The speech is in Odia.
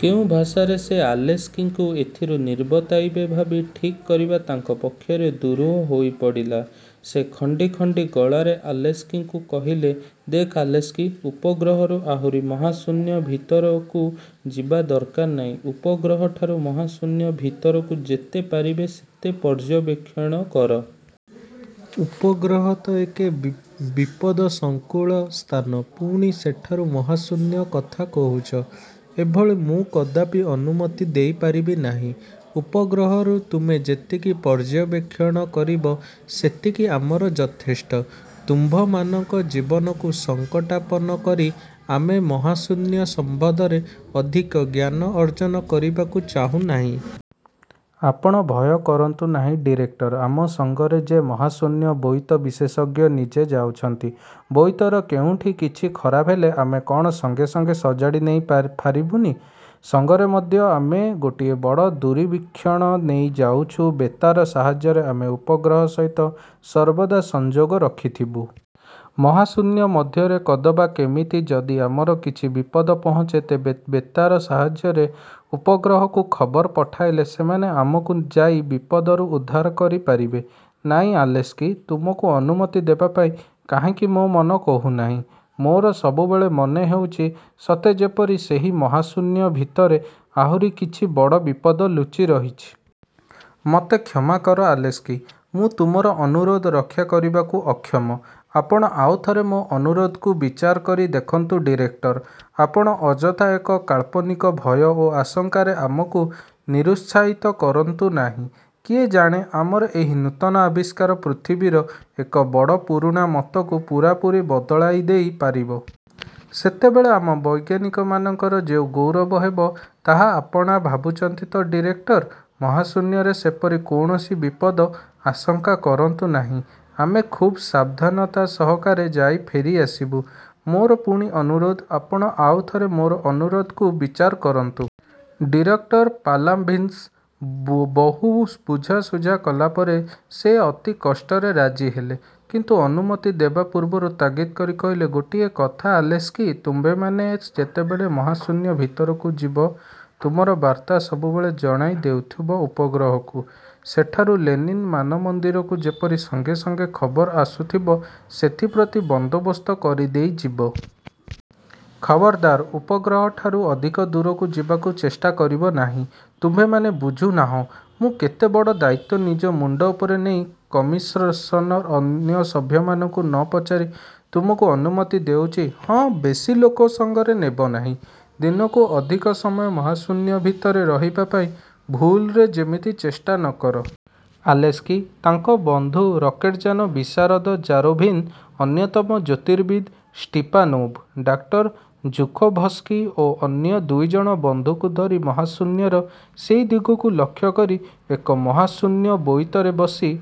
କେଉଁ ଭାଷାରେ ସେ ଆଲେସ୍କିଙ୍କୁ ଏଥିରୁ ନିବର୍ତ୍ତାଇବେ ଭାବି ଠିକ୍ କରିବା ତାଙ୍କ ପକ୍ଷରେ ଦୂରୁହ ହୋଇ ପଡ଼ିଲା। ସେ ଖଣ୍ଡି ଖଣ୍ଡି ଗଳାରେ ଆଲେସ୍କିଙ୍କୁ କହିଲେ, ''ଦେଖ ଆଲେସ୍କି, ଉପଗ୍ରହରୁ ଆହୁରି ମହାଶୂନ୍ୟ ଭିତରକୁ ଯିବା ଦରକାର ନାହିଁ। ଉପଗ୍ରହଠାରୁ ମହାଶୂନ୍ୟ ଭିତରକୁ ଯେତେ ପାରିବେ ସେତେ ପର୍ଯ୍ୟବେକ୍ଷଣ କର-। ଉପଗ୍ରହ ତ ଏକେ ବିପଦସଂକୁଳ ସ୍ଥାନ; ପୁଣି ସେଠାରୁ ମହାଶୂନ୍ୟ କଥା କହୁଛ, ଏଭଳି ମୁଁ କଦାପି ଅନୁମତି ଦେଇପାରିବି ନାହିଁ। ଉପଗ୍ରହରୁ ତୁମେ ଯେତିକି ପର୍ଯ୍ୟବେକ୍ଷଣ କରିବ, ସେତିକି ଆମର ଯଥେଷ୍ଟ। ତୁମ୍ଭମାନଙ୍କ ଜୀବନକୁ ସଂକଟାପନ୍ନ କରି ଆମେ ମହାଶୂନ୍ୟ ସମ୍ବନ୍ଧରେ ଅଧିକ ଜ୍ଞାନ ଅର୍ଜନ କରିବାକୁ ଚାହୁଁ ନାହିଁ। '' ''ଆପଣ ଭୟ କରନ୍ତୁ ନାହିଁ ଡିରେକ୍ଟର! ଆମ ସଙ୍ଗରେ ଯେ ମହାଶୂନ୍ୟ-ବୋଇତ-ବିଶେଷଜ୍ଞ ନିଜେ ଯାଉଛନ୍ତି। ବୋଇତର କେଉଠିଁ କିଛି ଖରାପ ହେଲେ ଆମେ କ'ଣ ସଙ୍ଗେ ସଙ୍ଗେ ସଜାଡ଼ି ନେଇ ଫେରିପାରିବୁନି? ସଙ୍ଗରେ ମଧ୍ୟ ଆମେ ଗୋଟିଏ ବଡ଼ ଦୂରବୀକ୍ଷଣ ନେଇ ଯାଉଛୁଁ-। ବେତାର ସାହାଯ୍ୟରେ ଆମେ ଉପଗ୍ରହ ସହିତ ସର୍ବଦା ସଂଯୋଗ ରଖିଥିବୁଁ। ମହାଶୂନ୍ୟ ମଧ୍ୟରେ କଦବା କେମିତି ଯଦି ଆମର କିଛି ବିପଦ ପହଞ୍ଚେ, ତେବେ ବେତାର ସାହାଯ୍ୟରେ ଉପଗ୍ରହକୁ ଖବର ପଠାଇଲେ ସେମାନେ ଆମକୁ ଯାଇ ବିପଦରୁ ଉଦ୍ଧାର କରି ପାରିବେ। '' ''ନାଇଁ ଆଲେସ୍କି! ତୁମକୁ ଅନୁମତି ଦେବାପାଇଁ କାହିଁକି ମୋ ମନ କହୁନାହିଁ। ମୋର ସବୁବେଳେ ମନେ ହେଉଛି, ସତେ ଯେପରି ସେହି ମହାଶୂନ୍ୟ ଭିତରେ ଆହୁରି କିଛି ବଡ଼ ବିପଦ ଲୁଚିରହିଛି। ମୋତେ କ୍ଷମାକର ଆଲେସ୍କି! ମୁଁ ତମର ଅନୁରୋଧ ରକ୍ଷା କରିବାକୁ ଅକ୍ଷମ। '' ଆପଣ ଆଉ ଥରେ ମୋ ଆନୁରୋଧକୁ ବିଚାର କରି ଦେଖନ୍ତୁ ଡିରେକ୍ଟର! ଆପଣ ଅଯଥା ଏକ କାଳ୍ପନିକ ଭୟ ଓ ଆଶଙ୍କାରେ ଆମକୁ ନିରୁତ୍ସାହିତ କରନ୍ତୁ ନାହିଁ। କିଏ ଜାଣେ ଆମର ଏହି ନୂତନ ଆବିଷ୍କାର ପୃଥିବୀର ଏକ ବଡ଼ ପୁରୁଣା ମତକୁ ପୂରାପୂରି ବଦଳାଇଦେଇ ପାରିବ। ସେତେବେଳେ ଆମ ବୈଜ୍ଞାନିକମାନଙ୍କର ଯେଉଁ ଗୌରବ ହେବ, ତାହା ଆପଣା ଭାବୁଛନ୍ତି ତ ଡିରେକ୍ଟର? ମହାଶୂନ୍ୟରେ ସେପରି କୌଣସି ବିପଦ ଆଶଙ୍କା କରନ୍ତୁ ନାହିଁ। ଆମେ ଖୁବ୍ ସାବଧାନତା ସହକାରେ ଯାଇ ଫେରିଆସିବୁ। ମୋର ପୁଣି ଅନୁରୋଧ, ''ଆପଣ ଆଉ ଥରେ ମୋ ଅନୁରୋଧକୁ ବିଚାର କରନ୍ତୁ। '' ଡିରେକ୍ଟର ପାଲାଭିନ୍ଙ୍କୁ ବହୁ ବୁଝାସୁଝା କଲାପରେ ସେ ଅତି କଷ୍ଟରେ ରାଜି ହେଲେ; କିନ୍ତୁ ଅନୁମତି ଦେବା ପୂର୍ବରୁ ତାଗିଦ୍ କରି କହିଲେ, ''ଗୋଟିଏ କଥା ଆଲେସ୍କି! ତୁମ୍ଭେମାନେ ଯେତେବେଳେ ମହାଶୂନ୍ୟ ଭିତରକୁ ଯିବ, ତୁମର ବାର୍ତ୍ତା ସବୁବେଳେ ଜଣାଇ ଦେଉଥିବ ଉପଗ୍ରହକୁ-। ସେଠାରୁ ଲେନିନ୍ ମାନମନ୍ଦିରକୁ ଯେପରି ସଙ୍ଗେ ସଙ୍ଗେ ଖବର ଆସୁଥିବ, ସେଥିପ୍ରତି ବନ୍ଦୋବସ୍ତ କରିଦେଇ ଯିବ। ଖବରଦାର, ଉପଗ୍ରହଠାରୁ ଅଧିକ ଦୂରକୁ ଯିବାକୁ ଚେଷ୍ଟା କରିବ ନାହିଁ-। ତୁମ୍ଭେମାନେ ବୁଝୁନାହଁ, ମୁଁ କେତେ ବଡ଼ ଦାୟିତ୍ୱ ନିଜ ମୁଣ୍ଡ ଉପରେ ନେଇ କମିଶନ୍ର ଅନ୍ୟ ସଭ୍ୟମାନଙ୍କୁ ନ ପଚାରି ତୁମକୁ ଅନୁମତି ଦେଉଛି। ହଁ, ବେଶି ଲୋକ ସଙ୍ଗରେ ନେବ ନାହିଁ। ଦିନରୁ ଅଧିକ ସମୟ ମହାଶୂନ୍ୟ ଭିତରେ ରହିବା ପାଇଁ ଭୁଲରେ ଯେମିତି ଚେଷ୍ଟା ନ କର। '' ଆଲେସ୍କି, ତାଙ୍କ ବନ୍ଧୁ ରକେଟ୍ଯାନ-ବିଶାରଦ ଜାରୋଭିନ୍, ଅନ୍ୟତମ ଜ୍ୟୋତିର୍ବିତ୍ ଷ୍ଟିପାନୋଭ, ଡାକ୍ତର ଜୁଖୋଭସ୍କି ଓ ଅନ୍ୟ ଦୁଇଜଣ ବନ୍ଧୁଙ୍କୁ ଧରି ମହାଶୂନ୍ୟର ସେଇ ଦିଗକୁ ଲକ୍ଷ୍ୟକରି ଏକ ମହାଶୂନ୍ୟ ବୋଇତରେ ବସି